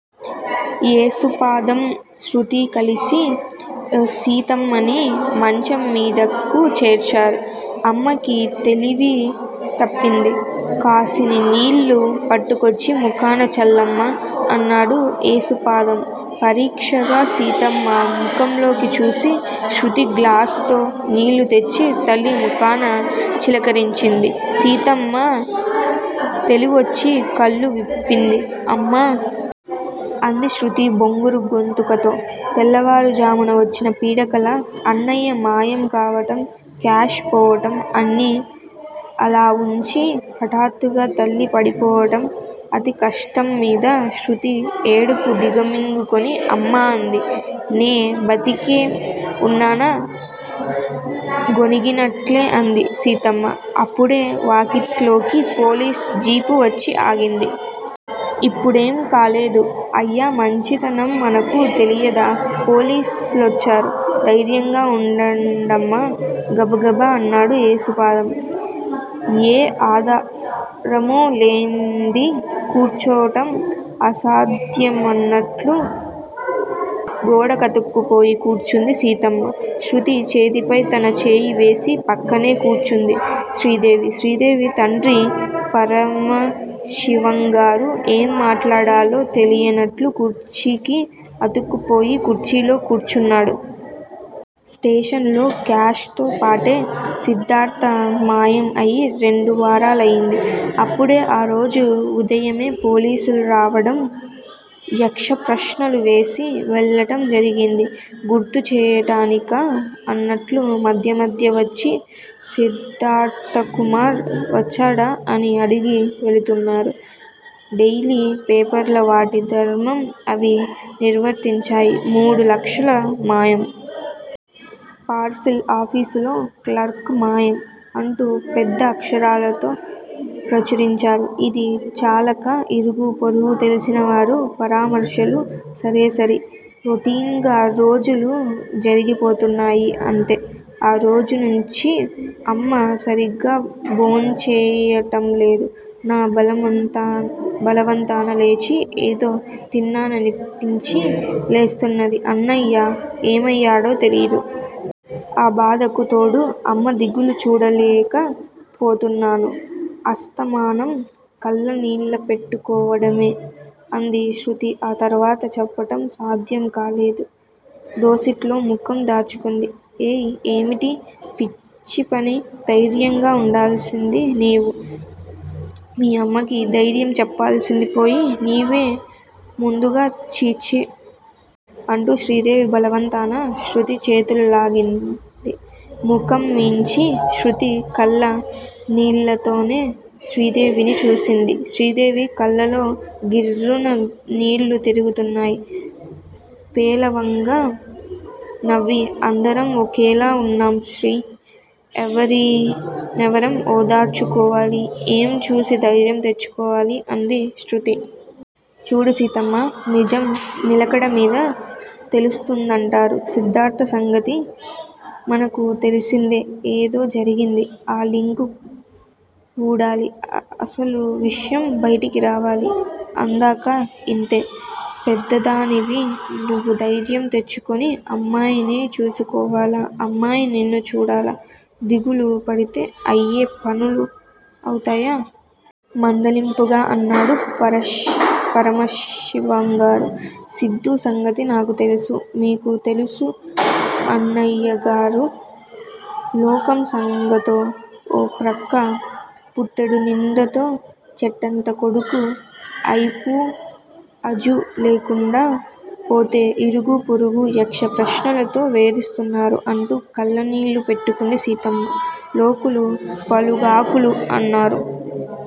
ఏసుపాదం, శృతీ కలిసి సీతమ్మని మంచం మీదకు చేర్చారు. అమ్మకి తెలివి తప్పింది. కాసిని నీళ్ళు పట్టుకొచ్చి ముఖాన చల్లమ్మా! అన్నాడు ఏసుపాదం పరీక్షగా సీతమ్మ ముఖంలోకి చూసి. శృతి గ్లాసుతో నీళ్ళు తెచ్చి తల్లి ముఖాన చిలకరించింది. సీతమ్మ తెలివొచ్చి కళ్ళు విప్పింది. అమ్మా! అంది శృతి బొంగురు గొంతుకతో. తెల్లవారుఝామున వచ్చిన పీడకల, అన్నయ్య మాయం కావటం, క్యాష్ పోవటం. అన్నీ అలావుంచి హఠాత్తుగా తల్లి పడిపోవటం అతి కష్టంమీద శృతి ఏడుపు దిగమింగుకుని అమ్మా అంది. నే బతికే ఉన్నానా? గొణిగినట్లే అంది సీతమ్మ. అప్పుడే వాకిట్లోకి పోలీసు జీపు వచ్చి ఆగింది. ఇప్పుడేం కాలేదు. అయ్య మంచితనం మనకు తెలియదా! పోలీసు లోచ్చారు. ధైర్యంగా వుండండమ్మా! గబగబ అన్నాడు ఏసుపాదం. ఏ ఆధారమూ లేంది కూర్చోటం అసాధ్యమన్నట్లు గోడకతుక్కుపోయి కూర్చుంది సీతమ్మ. శృతి చేతిపై తన చేయి వేసి పక్కనే కూర్చుంది శ్రీదేవి. శ్రీదేవి తండ్రి పరమశివంగారు ఏం మాట్లాడాలో తెలియనట్లు కుర్చీకి అతుక్కుపోయి కుర్చీలో కూర్చున్నాడు. స్టేషన్ లో క్యాష్ తో పాటే సిద్దార్థ మాయం అయి రెండు వారాలయింది. అప్పుడే-ఆరోజు ఉదయమే పోలీసులు రావటం యక్ష ప్రశ్నలు వేసి వెళ్ళటం జరిగింది. గుర్తు చేయటానికా అన్నట్లు మధ్యమధ్య వచ్చి సిద్దార్థకుమార్ వచ్చాడా? అని అడిగి వెడుతున్నారు. డెయిలీ పేపర్లు వాటి ధర్మం అవి నిర్వర్తించాయి మూడు లక్షలు మాయం! పార్సిల్ ఆఫీసులో క్లార్క్ మాయం! అంటూ పెద్ద అక్షరాలతో ప్రచురించారు. ఇది చాలక ఇరుగూ పొరుగూ తెలిసినవారి పరామర్శలు సరేసరి. రొటీన్ గా రోజులు జరిగి పోతున్నాయి అంతే. ఆ రోజునుంచి అమ్మ సరిగా భోంచేయటంలేదు. నా బలవంతాన లేచి ఏదో తిన్నాననిపించి లేస్తున్నది. అన్నయ్య ఏమయ్యాడో తెలియదు. ఆ బాధకు తోడు అమ్మ దిగులు చూడలేక పోతున్నాను. అస్తమానం కళ్ళ నీళ్ళు పెట్టుకోవడమే. అంది శృతి. ఆ తర్వాత చెప్పటం సాధ్యం కాలేదు. దోసిట్లో ముఖం దాచుకుంది. ఏయ్, ఏమిటీ పిచ్చిపని! ధైర్యంగా వుండాల్సింది నీవు. మీ అమ్మకి దైర్యం చెప్పాల్సిందిపోయి నీవే ముందుగా ఛీ ఛీ. అంటూ శ్రీదేవి బలవంతాన శృతి చేతులు లాగింది ముఖం మీంచి. శృతి కళ్ళ నీళ్ళతోనే శ్రీదేవిని చూసింది. శ్రీదేవి కళ్ళలో గిర్రున నీళ్ళు తిరుగుతున్నాయి. పేలవంగా నవ్వి అందరం ఒకేలా వున్నాం శ్రీ! ఎవరి నెవరం ఓదార్చు కోవాలి! ఏం చూసి ధైర్యం తెచ్చుకోవాలి? అంది శృతి. చూడు సీతమ్మా! నిజం నిలకడ మీద తెలుస్తుందంటారు. సిద్దార్థ సంగతి మనకు తెలిసిందే. ఏదో జరిగింది. ఆ లింకు వూడాలి. అసలు విషయం బైటకు రావాలి. అందాకా ఇంతే. పెద్దదానివి నువ్వు దైర్యం తెచ్చుకుని అమ్మాయిని చూసుకోవాలా, అమ్మాయి నిన్ను చూడాలా? దిగులు పడితే అయ్యే పనులవుతాయా? మందలింపుగా అన్నాడు పరమశివంగారు. సిద్దూ సంగతి నాకు తెలుసు. మీకు తెలుసు అన్నయ్యగారూ! లోకం సంగతో? ఓ ప్రక్క పుట్టెడు నిందతో చెట్టంత కొడుకు అయిపూ అజా లేకుండా పోతే ఇరుగూ పొరుగూ యక్ష ప్రశ్నలతో వేధిస్తున్నారు. అంటూ కళ్ళనీళ్ళు పెట్టుకుంది సీతమ్మ. లోకులు పలుగాకులు అన్నారు.